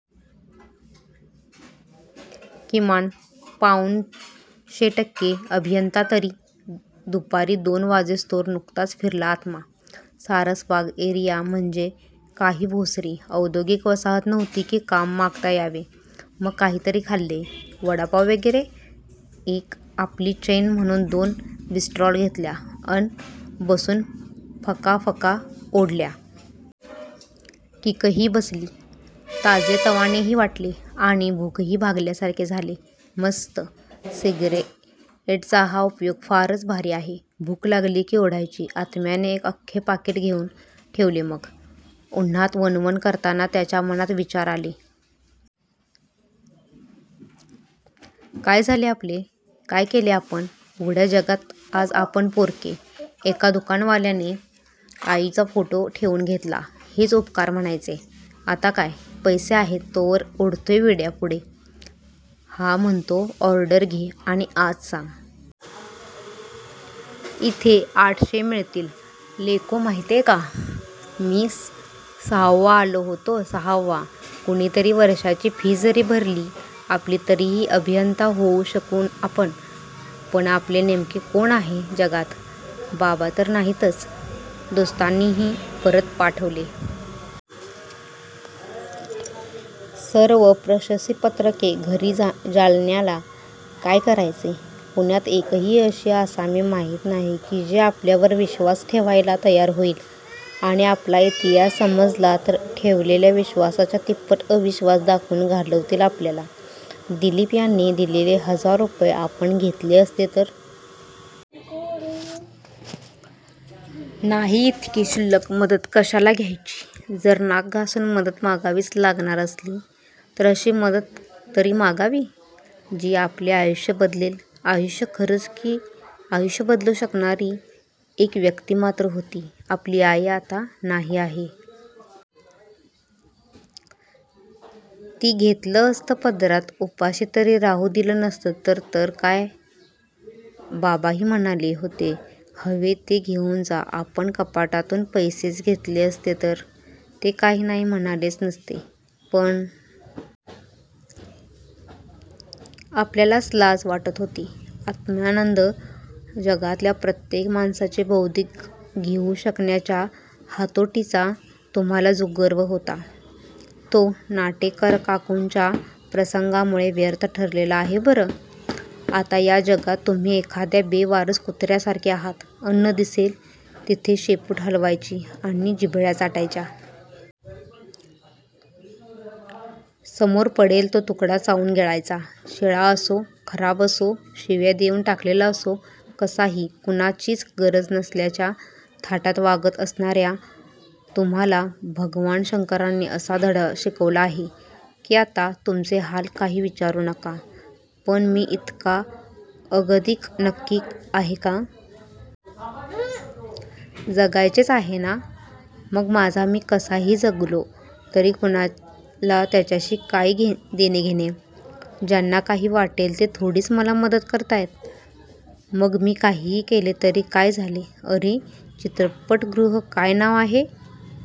किमान, पाउणशे टक्के अभियंता तरी? दुपारी दोन वाजेस्तोवर नुसताच फिरला आत्मा! सारसबाग एरिया म्हणजे काही भोसरी औद्योगीक वसाहत नव्हती की काम मागता यावे! मग काहीतरी खाल्ले! वडापाव वगैरे! एक आपली चैन म्हणून दोन ब्रिस्टॉल घेतल्या अन बसून फकाफका ओढल्या. किकही बसली, ताजेतवानेही वाटले आणि भूकही भागल्यासारखे झाले. मस्त! सिगारेटचा हा उपयोग फारच भारी आहे. भूक लागली की ओढायची! आत्म्याने एक अख्खे पाकिट घेऊन ठेवले मग! उन्हात वणवण करताना त्याच्या मनात विचार आले. काय झाले आपले? काय केले आपण? उघड्या जगात आज आपण पोरके! एका दुकानवाल्याने आईचा फोटो ठेवून घेतला हेच उपकार म्हणायचे! आता काय? पैसे आहेत तोवर ओढतोय विड्या पुढे? हा म्हणतो, ऑर्डर घे आणि आत सांग! इथे आठशे मिळतील, लेको माहितीय का? मी सहाव्वा आलो होतो सहावा! कुणीतरी वर्षाची फी जरी भरली आपली तरीही अभियंता होऊ शकू आपण! पण आपले नेमके कोण आहे जगात? बाबा तर नाहीतच! दोस्तांनीही परत पाठवले. सर्व प्रशस्तीपत्रके घरी जालन्याला! काय करायचे? पुण्यात एकही अशी असामी माहीत नाही की जी आपल्यावर विश्वास ठेवायला तयार होईल! आणि आपला इतिहास समजला तर ठेवलेल्या विश्वासाच्या तिप्पट अविश्वास दाखवून घालवतील आपल्याला! दिलीप यांनी दिलेले हजार रुपये आपण घेतले असते तर? नाही! इतकी क्षुल्लक मदत कशाला घ्यायची? जर नाक घासून मदत मागावीच लागंणार असली. तर अशी मदत तरी मागावी.. जी आपले आयुष्य बदलेल. आयुष्य, खरच की आयुष्य बदलू शकणारी एक व्यक्ती मात्र होती. आपली आई आता नाही आहे. ती घेतलं असतं पदरात उपाशी तरी राहू दिलं नसतं तसं तर काय? बाबाही म्हणाले होते हवे ते घेऊन जा, आपण कपाटातून पैसेच घेतले असते तर? ते काही नाही म्हणालेच नसते.. पण.. आपल्यालाच लाज वाटत होती. आत्मानंद जगातल्या प्रत्येक माणसाचे बौद्धिक घेऊ शकण्याच्या हातोटीचा तुम्हाला जो गर्व होता. तो नाटेकरकाकूंच्या प्रसंगामुळे व्यर्थ ठरलेला आहे बरं? आता या जगात तुम्ही एखाद्या बेवारस कुत्र्यासारखे आहात. अन्न दिसेल तिथे शेपूट हालवायची आणि जिभल्या चाटायच्या. समोर पडेल तो तुकडा चावून गिळायचा. शिळा असो, खराब असो, शिव्या देऊन टाकलेला असो, कसाही कुणाचीच गरज नसल्याच्या थाटात वागत असणार्या तुम्हाला भगवान शंकरांनी असा धडा शिकवला आहे. की, आता तुमचे हाल काही विचारू नका, पण मी इतका अगतिक नक्की आहे का?? जगायचेच आहे ना? मग माझा मी कसाही जगलो तरी कुणाला त्याच्याशी काय देणेघेणे? ज्यांना काही वाटेल ते थोडीच मला मदत करतायत? मग मी काहीही केले तरी काय झाले. अरे! चित्रपटगृह काय नांव आहे?